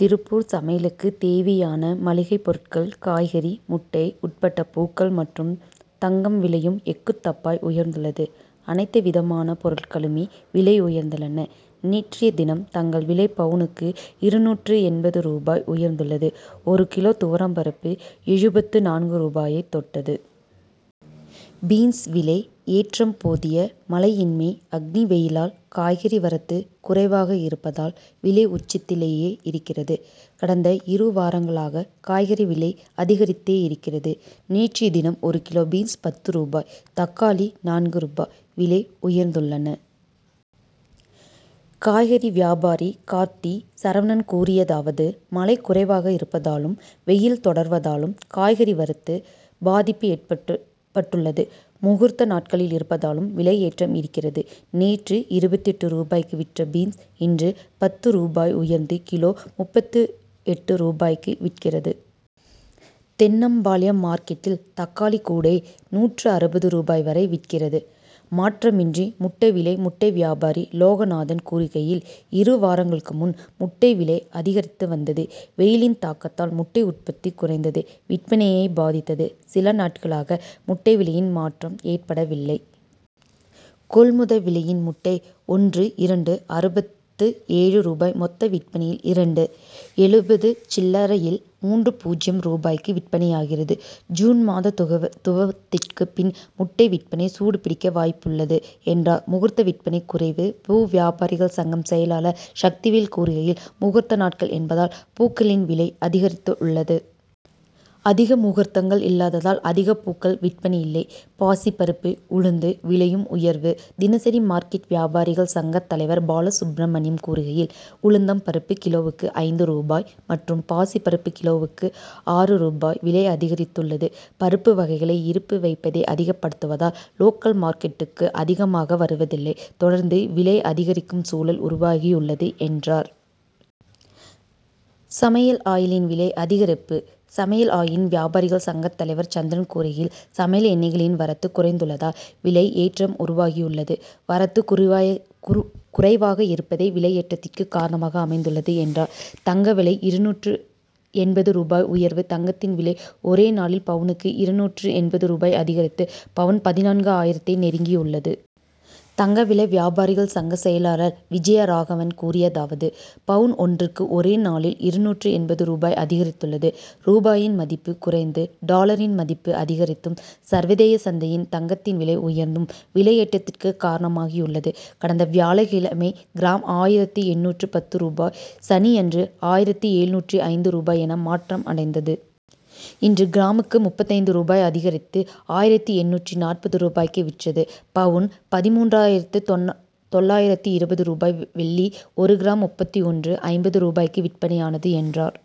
திருப்பூர் சமையலுக்கு தேவையான மளிகை பொருட்கள், காய்கறி, முட்டை உட்பட பூக்கள் மற்றும் தங்கம் விலையும் எக்குத்தப்பாய் உயர்ந்துள்ளது. அனைத்து விதமான பொருட்களுமே விலை உயர்ந் துள்ளன. நேற்றைய தினம் தங்கம் விலை பவுனுக்கு இருநூற்று எண்பது ரூபாய் உயர்ந்துள்ளது. ஒரு கிலோ துவரம் பருப்பு எழுபத்து நான்கு ரூபாயை தொட்டது. பீன்ஸ் விலை ஏற்றம் போதிய மழையின்மை, அக்னி வெயிலால் காய்கறி வரத்து குறைவாக இருப்பதால், விலை உச்சத்திலேயே இருக் கிறது. கடந்த இரு வாரங்களாக, காய்கறி விலை அதிகரித்தே இருக் கிறது. நேற்றைய தினம், ஒரு கிலோ பீன்ஸ் பத்து ரூபாய், தக்காளி நான்கு ரூபாய் விலை உயர்ந்துள்ளன. காய்கறி வியாபாரி கார்த்தி சரவணன் கூறியதாவது மழை குறைவாக இருப்பதாலும், வெயில் தொடர்வதாலும் காய்கறி வரத்தில் பாதிப்பு ஏற்பட்டுள்ளது. முகூர்த்த நாட்கள் இருப்பதாலும் விலை ஏற்றம் இருக்கிறது. நேற்று இருபத்தெட்டு ரூபாய்க்கு விற்ற பீன்ஸ், இன்று பத்து ரூபாய் உயர்ந்து, கிலோ முப்பத்தெட்டு ரூபாய்க்கு விற்கிறது. தென்னம்பாளையம் மார்க்கெட்டில் தக்காளி கூடை நூற்று அறுபது ரூபாய் வரை விற்கிறது. மாற்றமின்றி முட்டை விலை முட்டை வியாபாரி லோகநாதன் கூறுகையில், இரு வாரங்களுக்கு முன், முட்டை விலை அதிகரித்து வந்தது. வெயிலின் தாக்கத்தால் முட்டை உற்பத்தி குறைந்து, விற்பனையை பாதித்தது. சில நாட் களாக முட்டை விலையில் மாற்றம் ஏற்படவில்லை. கொள்முதல் விலையில் முட்டை ஒன்று இரண்டு.அறுபத்து ஏழு ரூபாய் மொத்த விற்பனையில் இரண்டு.எழுபது சில்ல ரையில் மூன்று.பூஜ்ஜியம் ரூபாய்க்கு விற்பனையாகிறது. ஜூன் மாத துவக்கத்திற்கு பின், முட்டை விற்பனை சூடுபிடிக்க வாய்ப்புள்ளது, என்றார். முகூர்த்த விற்பனை குறைவு பூ வியாபாரிகள் சங்க செயலாளர் சக்திவேல் கூறுகையில், முகூர்த்த நாட்கள் என்பதால் பூக்களின் விலை அதிகரித்துள்ளது. அதிக முகூர்த்தங் கள் இல்லாததால், அதிக பூக்கள் விற்பனை இல்லை. பாசிப்பருப்பு, உளுந்து விலையும் உயர்வு தினசரி மார்க்கெட் வியாபாரிகள் சங்க தலைவர் பாலசுப்ரமணியம் கூறுகையில், உளுந்தம் பருப்பு கிலோவுக்கு ஐந்து ரூபாய் மற்றும் பாசிப்பருப்பு கிலோவுக்கு ஆறு ரூபாய் விலை அதிகரித்துள்ளது. பருப்பு வகைகளை இருப்பு வைப்பதை அதிகப்படுத்துவதால், லோக்கல் மார்க்கெட்டுக்கு அதிகமாக வருவதில்லை தொடர்ந்து விலை அதிகரிக்கும் சூழல் உருவாகியுள்ளது, என்றார். சமையல் ஆயில் விலை அதிகரிப்பு சமையல் ஆயில் வியாபாரிகள் சங்க தலைவர் சந்திரன் கூறுகையில், சமையல் எண்ணெய்களின் வரத்து குறைந்துள்ளதால், விலை ஏற்றம் உருவாகியுள்ளது. வரத்து குறைவாக இருப்பதே, விலையேற்றத்திற்கு காரணமாக அமைந்துள்ளது, என்றார். தங்கம் விலை இருநூற்று எண்பது ரூபாய் உயர்வு தங்கத்தின் விலை ஒரே நாளில் பவுனுக்கு இருநூற்று எண்பது ரூபாய் அதிகரித்து, பவுன் பதினான்கு ஆயிரத்தை நெருங்கியுள்ளது. தங்க நகை வியாபாரிகள் சங்க செயலாளர் விஜயராகவன் கூறியதாவது பவுன் ஒன்றுக்கு ஒரே நாளில் இருநூற்று எண்பது ரூபாய் அதிகரித்துள்ளது. ரூபாயின் மதிப்பு குறைந்து டாலரின் மதிப்பு அதிகரித்ததும், சர்வதேச சந்தையில் தங்கத்தின் விலை உயர்ந்ததும் விலையேற்றத்துக்கு காரணமாகியுள்ளது. கடந்த வியாழக்கிழமை கிராம் ஆயிரத்து எழுநூற்று பத்து ரூபாய் சனியன்று ஆயிரத்து எழுநூற்று ஐந்து ரூபாய் என மாற்றம் அடைந்தது. இன்று கிராமிற்கு முப்பத்தைந்து ரூபாய் அதிகரித்து, ஆயிரத்து எழுநூற்று நாற்பது ரூபாய்க்கு விற்றது. பவுன் பதின்மூன்றாயிரத்து தொள்ளாயிரத்து இருபது ரூபாய் வெள்ளி ஒரு கிராம் முப்பத்தொன்று. ஐம்பது ரூபாய்க்கும் விற்பனையானது, என்றார்.